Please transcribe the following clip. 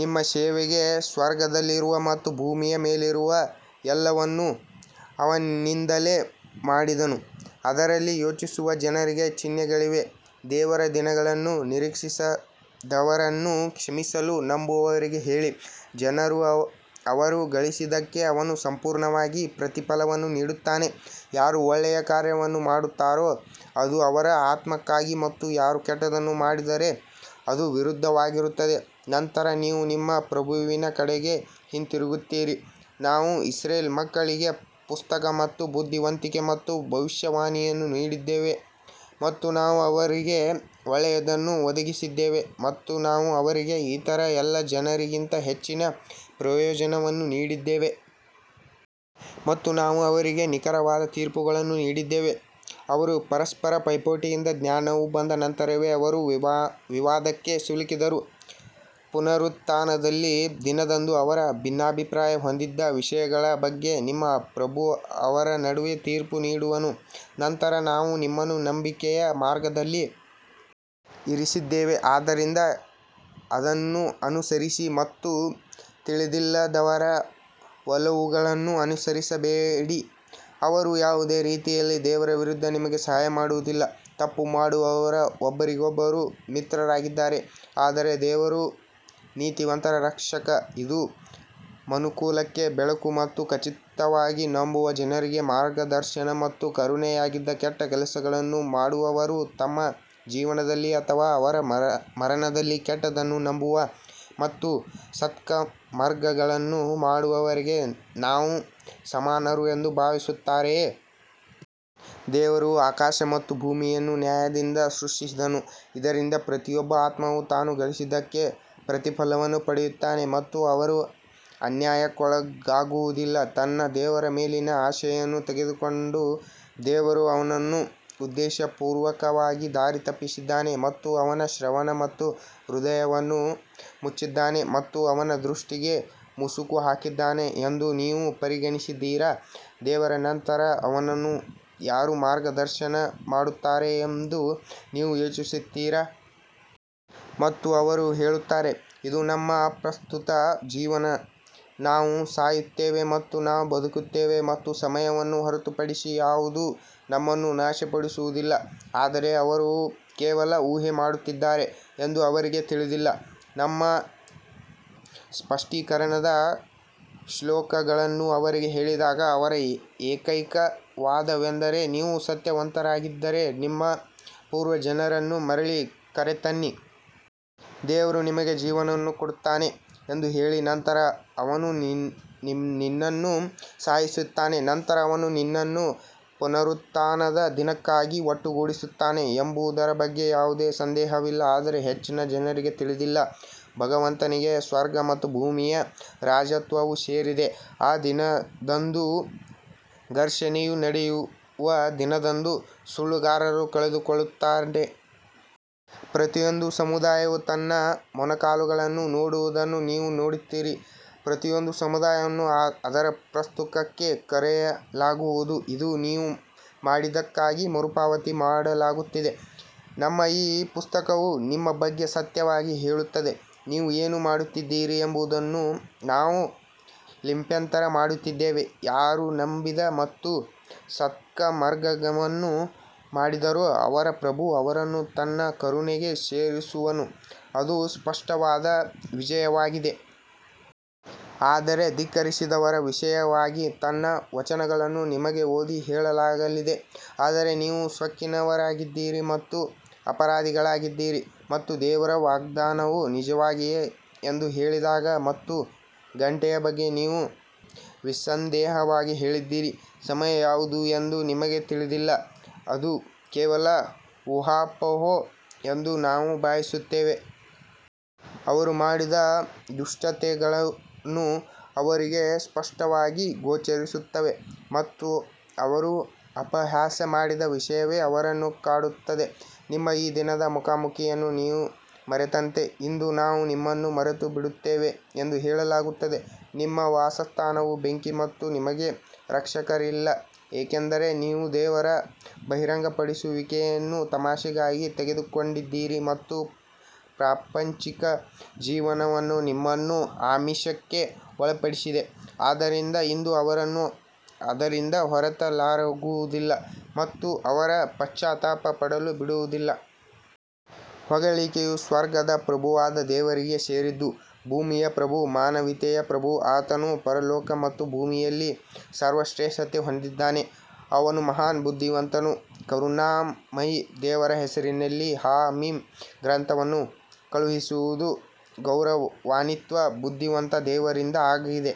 ನಿಮ್ಮ ಸೇವೆಗೆ ಸ್ವರ್ಗದಲ್ಲಿರುವ ಮತ್ತು ಭೂಮಿಯ ಮೇಲಿರುವ ಎಲ್ಲವನ್ನೂ ಅವನಿಂದಲೇ ಮಾಡಿದನು, ಅದರಲ್ಲಿ ಯೋಚಿಸುವ ಜನರಿಗೆ ಚಿಹ್ನೆಗಳಿವೆ. ದೇವರ ದಿನಗಳನ್ನು ನಿರೀಕ್ಷಿಸದವರನ್ನು ಕ್ಷಮಿಸಲು ನಂಬುವವರಿಗೆ ಹೇಳಿ, ಜನರು ಅವರು ಗಳಿಸಿದ್ದಕ್ಕೆ ಅವನು ಸಂಪೂರ್ಣವಾಗಿ ಪ್ರತಿಫಲವನ್ನು ನೀಡುತ್ತಾನೆ. ಯಾರು ಒಳ್ಳೆಯ ಕಾರ್ಯವನ್ನು ಮಾಡುತ್ತಾರೋ ಅದು ಅವರ ಆತ್ಮಕ್ಕಾಗಿ ಮತ್ತು ಯಾರು ಕೆಟ್ಟದ್ದನ್ನು ಮಾಡಿದರೆ ಅದು ವಿರುದ್ಧವಾಗಿರುತ್ತದೆ ನಂತರ ನೀವು ನಿಮ್ಮ ಪ್ರಭುವಿನ ಕಡೆಗೆ ಹಿಂತಿರುಗುತ್ತೀರಿ ನಾವು ಇಸ್ರೇಲ್ ಮಕ್ಕಳಿಗೆ ಪುಸ್ತಕ ಮತ್ತು ಬುದ್ಧಿವಂತಿಕೆ ಮತ್ತು ಭವಿಷ್ಯವಾಣಿಯನ್ನು ನೀಡಿದ್ದೇವೆ ಮತ್ತು ನಾವು ಅವರಿಗೆ ಒಳ್ಳೆಯದನ್ನು ಒದಗಿಸಿದ್ದೇವೆ ಮತ್ತು ನಾವು ಅವರಿಗೆ ಇತರ ಎಲ್ಲ ಜನರಿಗಿಂತ ಹೆಚ್ಚಿನ ಪ್ರಯೋಜನವನ್ನು ನೀಡಿದ್ದೇವೆ. ಮತ್ತು ನಾವು ಅವರಿಗೆ ನಿಖರವಾದ ತೀರ್ಪುಗಳನ್ನು ನೀಡಿದ್ದೇವೆ, ಅವರು ಪರಸ್ಪರ ಪೈಪೋಟಿಯಿಂದ ಜ್ಞಾನವು ಬಂದ ನಂತರವೇ ಅವರು ವಿವಾದಕ್ಕೆ ಸಿಲುಕಿದರು, ಪುನರುತ್ಥಾನದ ದಿನದಂದು ಅವರು ಭಿನ್ನಾಭಿಪ್ರಾಯ ಹೊಂದಿದ್ದ ವಿಷಯಗಳ ಬಗ್ಗೆ ನಿಮ್ಮ ಪ್ರಭು ಅವರ ನಡುವೆ ತೀರ್ಪು ನೀಡುವನು. ನಂತರ ನಾವು ನಿಮ್ಮನ್ನು ನಂಬಿಕೆಯ ಮಾರ್ಗದಲ್ಲಿ ಇರಿಸಿದ್ದೇವೆ ಆದ್ದರಿಂದ ಅದನ್ನು ಅನುಸರಿಸಿ ಮತ್ತು ತಿಳಿದಿಲ್ಲದವರ ಒಲವುಗಳನ್ನು ಅನುಸರಿಸಬೇಡಿ ಅವರು ಯಾವುದೇ ರೀತಿಯಲ್ಲಿ ದೇವರ ವಿರುದ್ಧ ನಿಮಗೆ ಸಹಾಯ ಮಾಡುವುದಿಲ್ಲ, ತಪ್ಪು ಮಾಡುವವರು ಒಬ್ಬರಿಗೊಬ್ಬರು ಮಿತ್ರರಾಗಿದ್ದಾರೆ ಆದರೆ ದೇವರು ನೀತಿವಂತರ ರಕ್ಷಕ ಇದು ಮನುಕುಲಕ್ಕೆ ಬೆಳಕು ಮತ್ತು ಖಚಿತವಾಗಿ ನಂಬುವ ಜನರಿಗೆ ಮಾರ್ಗದರ್ಶನ ಮತ್ತು ಕರುಣೆಯಾಗಿದೆ ಕೆಟ್ಟ ಕೆಲಸಗಳನ್ನು ಮಾಡುವವರು ತಮ್ಮ ಜೀವನದಲ್ಲಿ ಅಥವಾ ಅವರ ಮರಣದಲ್ಲಿ ಕೆಟ್ಟದ್ದನ್ನು ನಂಬುವ ಮತ್ತು ಸತ್ಕರ್ಮಗಳನ್ನು ಮಾಡುವವರಿಗೆ ನಾವು ಸಮಾನರು ಎಂದು ಭಾವಿಸುತ್ತಾರೆಯೇ? ದೇವರು ಆಕಾಶ ಮತ್ತು ಭೂಮಿಯನ್ನು ನ್ಯಾಯದಿಂದ ಸೃಷ್ಟಿಸಿದನು, ಇದರಿಂದ ಪ್ರತಿಯೊಬ್ಬ ಆತ್ಮವು ತಾನು ಗಳಿಸಿದ್ದಕ್ಕೆ ಪ್ರತಿಫಲವನ್ನು ಪಡೆಯುತ್ತಾನೆ ಮತ್ತು ಅವರು ಅನ್ಯಾಯಕ್ಕೊಳಗಾಗುವುದಿಲ್ಲ ತನ್ನ ದೇವರ ಮೇಲಿನ ಆಸೆಯನ್ನು ತೆಗೆದುಕೊಂಡು ದೇವರು ಅವನನ್ನು ಉದ್ದೇಶಪೂರ್ವಕವಾಗಿ ದಾರಿ ತಪ್ಪಿಸಿದ್ದಾನೆ ಮತ್ತು ಅವನ ಶ್ರವಣ ಮತ್ತು ಹೃದಯವನ್ನು ಮುಚ್ಚಿದ್ದಾನೆ ಮತ್ತು ಅವನ ದೃಷ್ಟಿಗೆ ಮುಸುಕು ಹಾಕಿದ್ದಾನೆ ಎಂದು ನೀವು ಪರಿಗಣಿಸಿದ್ದೀರಾ, ದೇವರ ನಂತರ ಅವನನ್ನು ಯಾರು ಮಾರ್ಗದರ್ಶನ ಮಾಡುತ್ತಾರೆ ಎಂದು ನೀವು ಯೋಚಿಸುತ್ತೀರಾ? ಮತ್ತು ಅವರು ಹೇಳುತ್ತಾರೆ ಇದು ನಮ್ಮ ಪ್ರಸ್ತುತ ಜೀವನ ನಾವು ಸಾಯುತ್ತೇವೆ ಮತ್ತು ನಾವು ಬದುಕುತ್ತೇವೆ ಮತ್ತು ಸಮಯವನ್ನು ಹೊರತುಪಡಿಸಿ ಯಾವುದೂ ನಮ್ಮನ್ನು ನಾಶಪಡಿಸುವುದಿಲ್ಲ ಆದರೆ ಅವರು ಕೇವಲ ಊಹೆ ಮಾಡುತ್ತಿದ್ದಾರೆ ಎಂದು ಅವರಿಗೆ ತಿಳಿದಿಲ್ಲ. ನಮ್ಮ ಸ್ಪಷ್ಟೀಕರಣದ ಶ್ಲೋಕಗಳನ್ನು ಅವರಿಗೆ ಹೇಳಿದಾಗ ಅವರ ಏಕೈಕ ವಾದವೆಂದರೆ ನೀವು ಸತ್ಯವಂತರಾಗಿದ್ದರೆ ನಮ್ಮ ಪೂರ್ವಜರನ್ನು ಮರಳಿ ಕರೆತನ್ನಿ. ದೇವರು ನಿಮಗೆ ಜೀವವನ್ನು ಕೊಡುತ್ತಾನೆ ಎಂದು ಹೇಳಿ ನಂತರ ಅವನು ನಿನ್ನನ್ನು ಸಾಯಿಸುತ್ತಾನೆ ನಂತರ ಅವನು ನಿಮ್ಮನ್ನು ಪುನರುತ್ಥಾನದ ದಿನಕ್ಕಾಗಿ ಒಟ್ಟುಗೂಡಿಸುತ್ತಾನೆ ಎಂಬುದರ ಬಗ್ಗೆ ಯಾವುದೇ ಸಂದೇಹವಿಲ್ಲ ಆದರೆ ಹೆಚ್ಚಿನ ಜನರಿಗೆ ತಿಳಿದಿಲ್ಲ ಭಗವಂತನಿಗೆ ಸ್ವರ್ಗ ಮತ್ತು ಭೂಮಿಯ ರಾಜತ್ವವು ಸೇರಿದೆ ಆ ದಿನದಂದು ಘರ್ಷಣೆಯು ನಡೆಯುವ ದಿನದಂದು ಸುಳ್ಳುಗಾರರು ಕಳೆದುಕೊಳ್ಳುತ್ತಾರೆ. ಪ್ರತಿಯೊಂದು ಸಮುದಾಯವು ತನ್ನ ಮೊಣಕಾಲುಗಳನ್ನು ನೋಡುವುದನ್ನು ನೀವು ನೋಡುತ್ತೀರಿ ಪ್ರತಿಯೊಂದು ಸಮುದಾಯವನ್ನು ಅದರ ಪುಸ್ತಕಕ್ಕೆ ಕರೆಯಲಾಗುವುದು ಇಂದು ನೀವು ಮಾಡಿದ್ದಕ್ಕಾಗಿ ಮರುಪಾವತಿ ಮಾಡಲಾಗುತ್ತಿದೆ ನಮ್ಮ ಈ ಪುಸ್ತಕವು ನಿಮ್ಮ ಬಗ್ಗೆ ಸತ್ಯವಾಗಿ ಹೇಳುತ್ತದೆ, ನೀವು ಏನು ಮಾಡುತ್ತಿದ್ದೀರಿ ಎಂಬುದನ್ನು ನಾವು ಲಿಪ್ಯಂತರ ಮಾಡುತ್ತಿದ್ದೇವೆ ಯಾರು ನಂಬಿದ ಮತ್ತು ಸತ್ಕರ್ಮಗಳನ್ನು ಮಾಡಿದರೋ ಅವರ ಪ್ರಭು ಅವರನ್ನು ತನ್ನ ಕರುಣೆಗೆ ಸೇರಿಸುವನು ಅದು ಸ್ಪಷ್ಟವಾದ ವಿಜಯವಾಗಿದೆ. ಆದರೆ ಧಿಕ್ಕರಿಸಿದವರ ವಿಷಯವಾಗಿ ನನ್ನ ವಚನಗಳನ್ನು ನಿಮಗೆ ಓದಿ ಹೇಳಲಾಗಲಿಲ್ಲ ಆದರೆ ನೀವು ಸೊಕ್ಕಿನವರಾಗಿದ್ದೀರಿ ಮತ್ತು ಅಪರಾಧಿಗಳಾಗಿದ್ದೀರಿ. ಮತ್ತು ದೇವರ ವಾಗ್ದಾನವು ನಿಜವಾಗಿದೆ ಎಂದು ಹೇಳಿದಾಗ ಮತ್ತು ಗಂಟೆಯ ಬಗ್ಗೆ ನೀವು ನಿಸ್ಸಂದೇಹವಾಗಿ ಹೇಳಿದ್ದೀರಿ, ಸಮಯ ಯಾವುದು ಎಂದು ನಮಗೆ ತಿಳಿದಿಲ್ಲ, ಅದು ಕೇವಲ ಊಹಾಪೋಹ ಎಂದು ನಾವು ಭಾವಿಸುತ್ತೇವೆ. ಅವರು ಮಾಡಿದ ದುಷ್ಕೃತ್ಯಗಳು ಅವರಿಗೆ ಸ್ಪಷ್ಟವಾಗಿ ಗೋಚರಿಸುತ್ತವೆ ಮತ್ತು ಅವರು ಅಪಹಾಸ್ಯ ಮಾಡಿದ ವಿಷಯವೇ ಅವರನ್ನು ಕಾಡುತ್ತದೆ ನಿಮ್ಮ ಈ ದಿನದ ಮುಖಾಮುಖಿಯನ್ನು ನೀವು ಮರೆತಂತೆ ಇಂದು ನಾವು ನಿಮ್ಮನ್ನು ಮರೆತುಬಿಡುತ್ತೇವೆ ಎಂದು ಹೇಳಲಾಗುತ್ತದೆ ನಿಮ್ಮ ವಾಸಸ್ಥಾನವು ಬೆಂಕಿ ಮತ್ತು ನಿಮಗೆ ರಕ್ಷಕರಿಲ್ಲ ಏಕೆಂದರೆ ನೀವು ದೇವರ ಬಹಿರಂಗಪಡಿಸುವಿಕೆಯನ್ನು ತಮಾಷೆಗಾಗಿ ತೆಗೆದುಕೊಂಡಿದ್ದೀರಿ ಮತ್ತು ಪ್ರಾಪಂಚಿಕ ಜೀವನವು ನಿಮ್ಮನ್ನು ಆಮಿಷಕ್ಕೆ ಒಳಪಡಿಸಿದೆ ಆದ್ದರಿಂದ ಇಂದು ಅವರನ್ನು ಅದರಿಂದ ಹೊರತರಲಾಗುವುದಿಲ್ಲ ಮತ್ತು ಅವರು ಪಶ್ಚಾತ್ತಾಪ ಪಡಲು ಬಿಡುವುದಿಲ್ಲ. ಹೊಗಳಿಕೆಯು ಸ್ವರ್ಗದ ಪ್ರಭುವಾದ ದೇವರಿಗೆ ಸೇರಿದ್ದು, ಭೂಮಿಯ ಪ್ರಭು ಮಾನವೀಯತೆಯ ಪ್ರಭು ಆತನು ಪರಲೋಕ ಮತ್ತು ಭೂಮಿಯಲ್ಲಿ ಸರ್ವಶ್ರೇಷ್ಠತೆ ಹೊಂದಿದ್ದಾನೆ, ಅವನು ಮಹಾನ್ ಬುದ್ಧಿವಂತನು ಕರುಣಾಮಯಿ ದೇವರ ಹೆಸರಿನಲ್ಲಿ ಹಾ ಮೀಮ್ ಗ್ರಂಥವನ್ನು ಕಳುಹಿಸುವುದು ಗೌರವಾನ್ವಿತ ಬುದ್ಧಿವಂತ ದೇವರಿಂದ ಆಗಿದೆ.